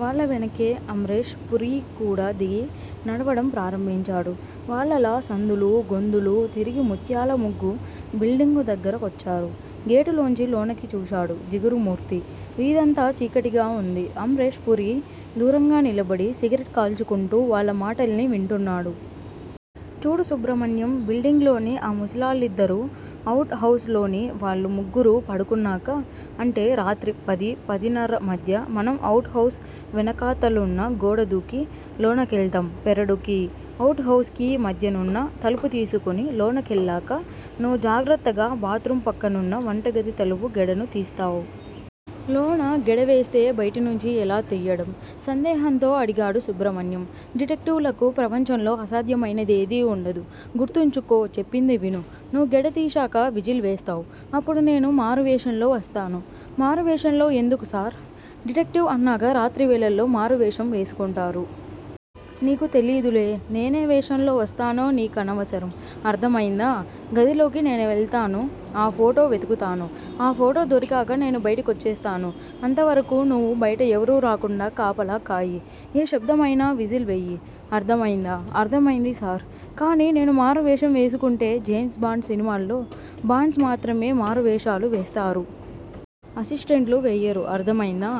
వాళ్ళ వెనకే అమ్రేష్ పురీ కూడా దిగి, నడవడం ప్రారంభించాడు. వాళ్ళలా సందులూ, గొందులూ తిరిగి ముత్యాల ముగ్గు బిల్డింగు దగ్గర కొచ్చారు. గేటులోంచి లోనకి చూశాడు జిగురుమూర్తి. వీధంతా చీకటిగా ఉంది. అమ్రేష్ పురీ దూరంగా నిలబడి సిగరెట్ కాల్చుకుంటూ వాళ్ళ మాటల్ని వింటున్నాడు. చూడు సుబ్రమణ్యం బిల్డింగ్ లోని ఆ ముసిలాళ్ళిద్దరూ, అవుట్ హౌస్ లోని వాళ్ళు ముగ్గురూ పడుకున్నాక, అంటే రాత్రి పది, పదిన్నర మధ్య మనం అవుట్ హౌస్ వెనకాతలున్న గోడదూకి, లోనకెళ్తాం పెరడుకీ, అవుట్ హౌస్ కీ మధ్యనున్న తలుపు తీసుకుని లోనకెళ్ళాక నువ్వు జాగ్రత్తగా బాత్రూం పక్కనున్న వంటగది తలుపు గెడను తీస్తావ్. లోన గెడవేస్తే బయటి నుంచి ఎలా తియ్యడం? సందేహంతో అడిగాడు సుబ్రమణ్యం. డిటెక్టివ్ లకు ప్రపంచంలో అసాధ్యమైనదేదీ ఉండదు గుర్తుంచుకో చెప్పింది విను. నువ్వు గెడ తీశాక విజిల్ వేస్తావ్ అప్పుడు నేను మారువేషంలో వస్తాను. మారు వేషంలో ఎందుకు సార్? డిటెక్టివ్ అన్నాక రాత్రివేళల్లో మారువేషం వేసుకుంటారు. నీకు తెలీదులే. నేనే వేషంలో వస్తానో నీకనవసరం. అర్ధమైందా? గదిలోకి నేవెళ్తాను ఆ ఫోటో వెతుకుతాను ఆ ఫోటో దొరికాక నేను బయటికొచ్చేస్తాను. అంతవరకూ నువ్వు బయట ఎవరూ రాకుండా కాపలా కాయి. ఏ శబ్దం అయినా 'విజిల్' వెయ్యి. అర్ధమైందా? అర్ధమైంది సార్! కానీ నేనూ మారువేషం వేసుకుంటే జేమ్స్ బాండ్ సినిమాల్లో, బాండ్స్ మాత్రమే మారువేషాలు వేస్తారు. అసిస్టెంట్లు వెయ్యరు అర్ధమైందా?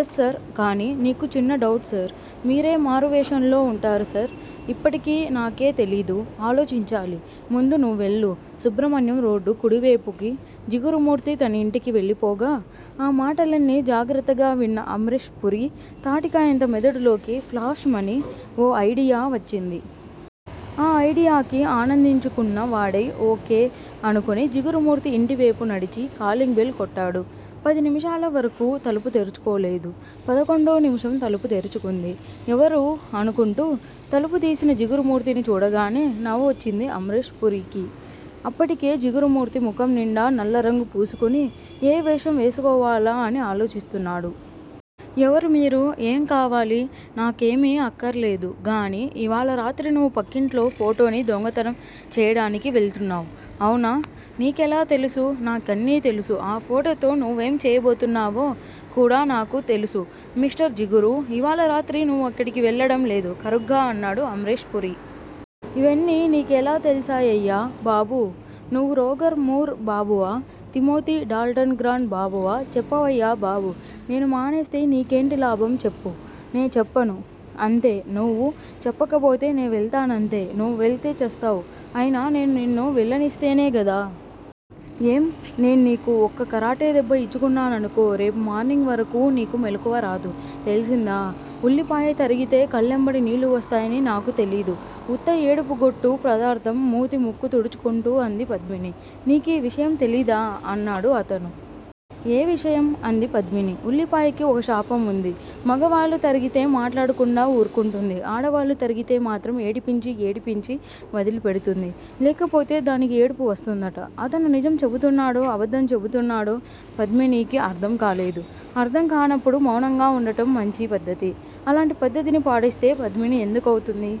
ఎస్సర్ కానీ నీకు చిన్న డౌట్ సర్. మీరే మారువేషంలో ఉంటారు సర్? ఇప్పటికీ నాకే తెలీదు. ఆలోచించాలి ముందు నువ్వెళ్ళు. సుబ్రమణ్యం రోడ్డు కుడివేపుకి, జిగురుమూర్తి తనింటికి వెళ్ళిపోగా ఆ మాటలన్నీ జాగ్రత్తగా విన్న అమ్రేష్ పురీ తాటికాయంత మెదడులోకి 'ఫ్లాష్'మని ఓ అయిడియా వచ్చింది. ఆ అయిడియాకి ఆనందించుకున్న వాడై, ఓ. కే. అనుకుని జిగురుమూర్తి ఇంటివేపు నడిచి, కాలింగ్ బెల్ కొట్టాడు. పది నిమిషాల వరకూ తలుపు తెరుచుకోలేదు. పదకొండో నిమిషం తలుపు తెరుచుకుంది. ఎవరూ అనుకుంటూ తలుపు తీసిన జిగురుమూర్తిని చూడగానే నవ్వొచ్చింది అమ్రేష్ పురీకి. అప్పటికే జిగురుమూర్తి ముఖం నిండా నల్లరంగు పూసుకుని, ఏ వేషం వేసుకోవాలా అని ఆలోచిస్తున్నాడు. ఎవరు మీరు? ఏం కావాలి? నాకేమీ అక్కర్లేదు గానీ ఇవాళ రాత్రి నువ్వు పక్కింట్లో ఫోటోని దొంగతనం చెయ్యడానికి వెళ్తున్నావ్. అవునా? నీకెలా తెలుసు? నాకన్నీ తెలుసు ఆ ఫోటోతో నువ్వేం చెయ్యబోతున్నావో కూడా నాకు తెలుసు మిస్టర్ జిగురూ ఇవాళ రాత్రి నువ్వు అక్కడికి వెళ్ళడం లేదు కరుగ్గా అన్నాడు అమ్రేష్ పురి. ఇవన్నీ నీకెలా తెల్సాయయ్యా బాబూ నువ్వు రోగర్ మూర్ బాబువా? తిమోతీ డాల్టన్ గ్రాండ్ బాబువా? చెప్పవయ్యా బాబు? నేను మానేస్తే నీకేంటి లాభం చెప్పు. నేచ్చెప్పను అంతే నువ్వు చెప్పకపోతే, నే వెళ్తానంతే. నువ్వు వెళ్తే ఛస్తావ్ అయినా నేను నిన్ను వెళ్ళనిస్తేనే గదా! ఏం? నేన్నీకు ఒక్క కరాటే దెబ్బ ఇచ్చుకున్నాననుకో రేపు మార్నింగ్ వరకూ నీకు మెలుకువ రాదు. తెల్సిందా? ఉల్లిపాయ తరిగితే కళ్ళెంబడి నీళ్ళు వస్తాయని నాకు తెలీదు. ఉత్త ఏడుపుగొట్టు పదార్ధం మూతి ముక్కు తుడుచుకుంటూ అంది పద్మిని. నీకీ విషయం తెలీదా! అన్నాడు అతను. ఏ విషయం? అంది పద్మిని. ఉల్లిపాయకి ఒక శాపం వుంది. మగవాళ్ళు తరిగితే మాట్లాడకుండా ఊర్కుంటుంది. ఆడవాళ్ళు తరిగితే మాత్రం ఏడిపించి ఏడిపించి వదిలి పెడుతుంది. లేకపోతే దానికి ఏడుపు వస్తుందట. అతను నిజం చెబుతున్నాడో, అబద్ధం చెబుతున్నాడో? పద్మినీకి అర్ధంకాలేదు. అర్ధం కానప్పుడు మౌనంగా వుండటం మంచి పద్ధతి. అలాంటి పద్ధతిని పాటిస్తే 'పద్మిని' ఎందుకౌతుంది.